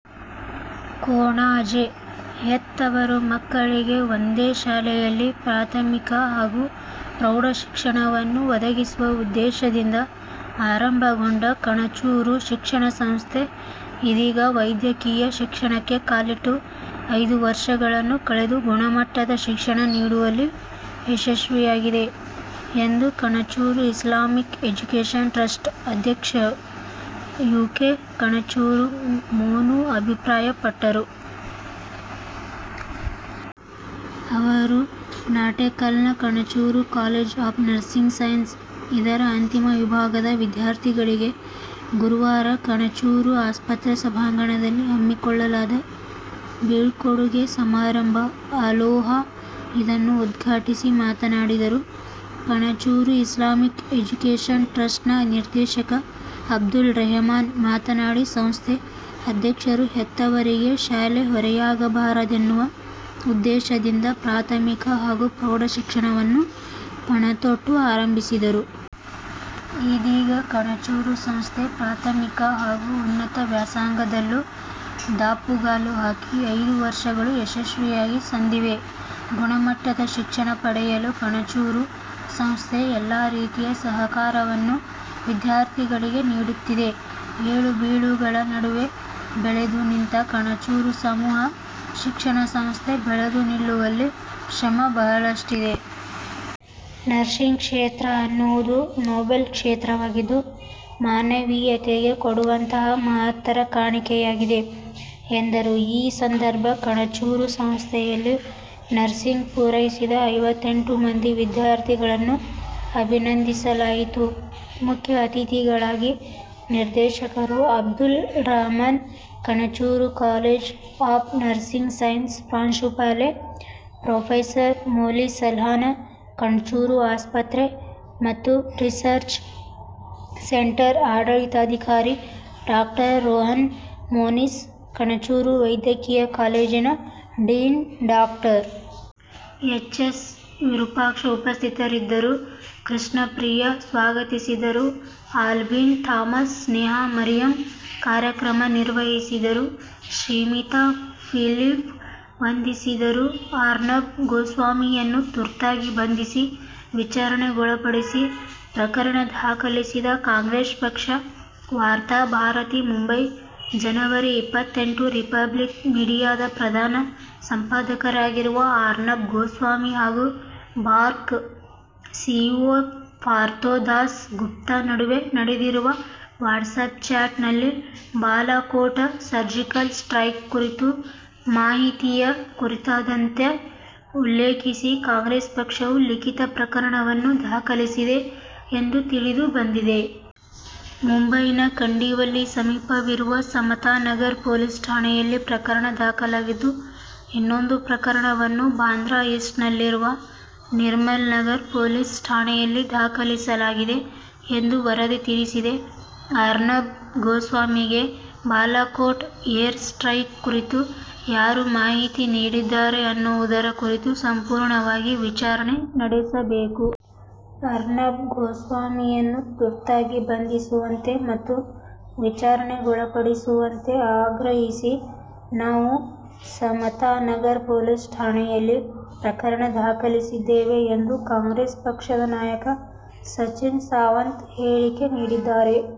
ಕೊಣಾಜೆ: ಹೆತ್ತವರು ಮಕ್ಕಳಿಗೆ ಒಂದೇ ಶಾಲೆಯಲ್ಲಿ ಪ್ರಾಥಮಿಕ ಹಾಗೂ ಪ್ರೌಢಶಿಕ್ಷಣವನ್ನು ಒದಗಿಸುವ ಉದ್ದೇಶದಿಂದ ಆರಂಭಗೊಂಡ ಕಣಚೂರು ಶಿಕ್ಷಣ ಸಂಸ್ಥೆ ಇದೀಗ ವೈದ್ಯಕೀಯ ಶಿಕ್ಷಣಕ್ಕೆ ಕಾಲಿಟ್ಟು ಐದು ವರ್ಷಗಳನ್ನು ಕಳೆದು ಗುಣಮಟ್ಟದ ಶಿಕ್ಷಣ ನೀಡುವಲ್ಲಿ ಯಶಸ್ವಿಯಾಗಿದೆ ಎಂದು ಕಣಚೂರು ಇಸ್ಲಾಮಿಕ್ ಎಜುಕೇಷನ್ ಟ್ರಸ್ಟ್ ಅಧ್ಯಕ್ಷ ಯು. ಕೆ ಕಣಚೂರು ಮೋನು ಅಭಿಪ್ರಾಯಪಟ್ಟರು. ಅವರು ನಾಟೆಕಲ್ನ Kanachur college of nursing science ಇದರ ಅಂತಿಮ ವಿಭಾಗದ ವಿದ್ಯಾರ್ಥಿಗಳಿಗೆ ಗುರುವಾರ ಕಣಚೂರು ಆಸ್ಪತ್ರೆ ಸಭಾಂಗಣದಲ್ಲಿ ಹಮ್ಮಿಕೊಳ್ಳಲಾದ ಬೀಳ್ಕೊಡುಗೆ ಸಮಾರಂಭ ಅಲೋಹಾ- ಇದನ್ನು ಉದ್ಘಾಟಿಸಿ ಮಾತನಾಡಿದರು. ಕಣಚೂರು ಇಸ್ಲಾಮಿಕ್ ಎಜುಕೇಷನ್ ಟ್ರಸ್ಟ್ ನ ನಿರ್ದೇಶಕ ಅಬ್ದುಲ್ ರೆಹಮಾನ್ ಮಾತನಾಡಿ ಸಂಸ್ಥೆ ಅಧ್ಯಕ್ಷರು ಹೆತ್ತವರಿಗೆ ಶಾಲೆ ಹೊರೆಯಾಗಬಾರದೆನ್ನುವ ಉದ್ದೇಶದಿಂದ ಪ್ರಾಥಮಿಕ ಹಾಗೂ ಪ್ರೌಢಶಿಕ್ಷಣವನ್ನು ಪಣತೊಟ್ಟು ಆರಂಭಿಸಿದರು. ಇದೀಗ ಕಣಚೂರು ಸಂಸ್ಥೆ ಪ್ರಾಥಮಿಕ ಹಾಗೂ ಉನ್ನತ ವ್ಯಾಸಾಂಗದಲ್ಲೂ ದಾಪುಗಾಲು ಹಾಕಿ ಐದು ವರ್ಷಗಳು ಯಶಸ್ವಿಯಾಗಿ ಸಂದಿವೆ. ಗುಣಮಟ್ಟದ ಶಿಕ್ಷಣ ಪಡೆಯಲು ಕಣಚೂರು ಸಂಸ್ಥೆ ಎಲ್ಲಾ ರೀತಿಯ ಸಹಕಾರವನ್ನು ವಿದ್ಯಾರ್ಥಿಗಳಿಗೆ ನೀಡುತ್ತಿದೆ. ಏಳುಬೀಳುಗಳ ನಡುವೆ ಬೆಳೆದು ನಿಂತ ಕಣಚೂರು ಸಮೂಹ ಶಿಕ್ಷಣ ಸಂಸ್ಥೆ ಬೆಳೆದು ನಿಲ್ಲುವಲ್ಲಿ ಶ್ರಮ ಬಹಳಷ್ಟಿದೆ. ನರ್ಸಿಂಗ್ ಕ್ಷೇತ್ರ ಅನ್ನುವುದು ನೋಬೆಲ್ ಕ್ಷೇತ್ರವಾಗಿದ್ದು, ಮಾನವೀಯತೆಗೆ ಕೊಡುವಂತಹ ಮಹತ್ತರ ಕಾಣಿಕೆಯಾಗಿದೆ ಎಂದರು. ಈ ಸಂದರ್ಭ ಕಣಚೂರು ಸಂಸ್ಥೆಯಲ್ಲಿ ನರ್ಸಿಂಗ್ ಪೂರೈಸಿದ ಐವತ್ತೆಂಟು ಮಂದಿ ವಿದ್ಯಾರ್ಥಿಗಳನ್ನು ಅಭಿನಂದಿಸಲಾಯಿತು. ಮುಖ್ಯ ಅತಿಥಿಗಳಾಗಿ ನಿರ್ದೇಶಕರು Abdul Rahman, Kanachur college of nursing science ಪ್ರಾಂಶುಪಾಲೆ ಪ್ರೊಫೆಸರ್ ಮೋಲಿ ಸಲ್ದಾನ್ಹ, ಕಣಚೂರು ಆಸ್ಪತ್ರೆ ಮತ್ತು ರಿಸರ್ಚ್ ಸೆಂಟರ್ ಆಡಳಿತಾಧಿಕಾರಿ ಡಾಕ್ಟರ್ ರೋಹನ್ ಮೋನಿಸ್, ಕಣಚೂರು ವೈದ್ಯಕೀಯ ಕಾಲೇಜಿನ dean doctor. H. S Virupaksha ಉಪಸ್ಥಿತರಿದ್ದರು. ಕೃಷ್ಣ ಪ್ರಿಯ ಸ್ವಾಗತಿಸಿದರು. ಆಲ್ಬಿನ್ ಥಾಮಸ್, ಸ್ನೇಹಾ ಮರಿಯಂ ಕಾರ್ಯಕ್ರಮ ನಿರ್ವಹಿಸಿದರು. ಶ್ರಿಮಿತಾ ಫಿಲಿಪ್ ವಂದಿಸಿದರು. ಅರ್ನಬ್ ಗೋಸ್ವಾಮಿಯನ್ನು ತುರ್ತಾಗಿ ಬಂಧಿಸಿ, ವಿಚಾರಣೆಗೊಳಪಡಿಸಿ: ಪ್ರಕರಣ ದಾಖಲಿಸಿದ ಕಾಂಗ್ರೆಸ್ ಪಕ್ಷ ವಾರ್ತಾ ಭಾರತಿ ಮುಂಬೈ, ಜನವರಿ ಇಪತ್ತೆಂಟು ರಿಪಬ್ಲಿಕ್ ಮೀಡಿಯಾದ ಪ್ರಧಾನ ಸಂಪಾದಕರಾಗಿರುವ ಅರ್ನಬ್ ಗೋಸ್ವಾಮಿ ಹಾಗೂ ಬಾರ್ಕ್ ಸಿಇಒ ಪಾರ್ಥೋ ದಾಸ್ ಗುಪ್ತಾ ನಡುವೆ ನಡೆದಿರುವ ವಾಟ್ಸ್ಯಾಪ್ ಚಾಟ್ ನಲ್ಲಿ ಬಾಲಾಕೋಟ್ ಸರ್ಜಿಕಲ್ ಸ್ಟ್ರೈಕ್ ಕುರಿತ ಮಾಹಿತಿಯ ಕುರಿತಾದಂತೆ ಉಲ್ಲೇಖಿಸಿ ಕಾಂಗ್ರೆಸ್ ಪಕ್ಷವು ಲಿಖಿತ ಪ್ರಕರಣವನ್ನು ದಾಖಲಿಸಿದೆ ಎಂದು ತಿಳಿದು ಬಂದಿದೆ. ಮುಂಬೈನ ಕಂಡಿವಲ್ಲಿ ಸಮೀಪವಿರುವ ಸಮತಾ ನಗರ್ ಪೊಲೀಸ್ ಠಾಣೆಯಲ್ಲಿ ಪ್ರಕರಣ ದಾಖಲಾಗಿದ್ದು, ಇನ್ನೊಂದು ಪ್ರಕರಣವನ್ನು ಬಾಂದ್ರಾ ಈಸ್ಟ್ ನಲ್ಲಿರುವ ನಿರ್ಮಲನಗರ್ ಪೊಲೀಸ್ ಠಾಣೆಯಲ್ಲಿ ದಾಖಲಿಸಲಾಗಿದೆ ಎಂದು ವರದಿ ತಿಳಿಸಿದೆ. "ಅರ್ನಬ್ ಗೋಸ್ವಾಮಿಗೆ ಬಾಲಾಕೋಟ್ ಏರ್ ಸ್ಟ್ರೈಕ್ ಕುರಿತು ಯಾರು ಮಾಹಿತಿ ನೀಡಿದ್ದಾರೆ ಅನ್ನುವುದರ ಕುರಿತು ಸಂಪೂರ್ಣವಾಗಿ ವಿಚಾರಣೆ ನಡೆಸಬೇಕು. ಅರ್ನಬ್ ಗೋಸ್ವಾಮಿಯನ್ನು ತುರ್ತಾಗಿ ಬಂಧಿಸುವಂತೆ ಮತ್ತು ವಿಚಾರಣೆಗೊಳಪಡಿಸುವಂತೆ ಆಗ್ರಹಿಸಿ ನಾವು ಸಮತಾ ನಗರ್ ಪೊಲೀಸ್ ಠಾಣೆಯಲ್ಲಿ ಪ್ರಕರಣ ದಾಖಲಿಸಿದ್ದೇವೆ ಎಂದು ಕಾಂಗ್ರೆಸ್ ಪಕ್ಷದ ನಾಯಕ ಸಚಿನ್ ಸಾವಂತ್ ಹೇಳಿಕೆ ನೀಡಿದ್ದಾರೆ.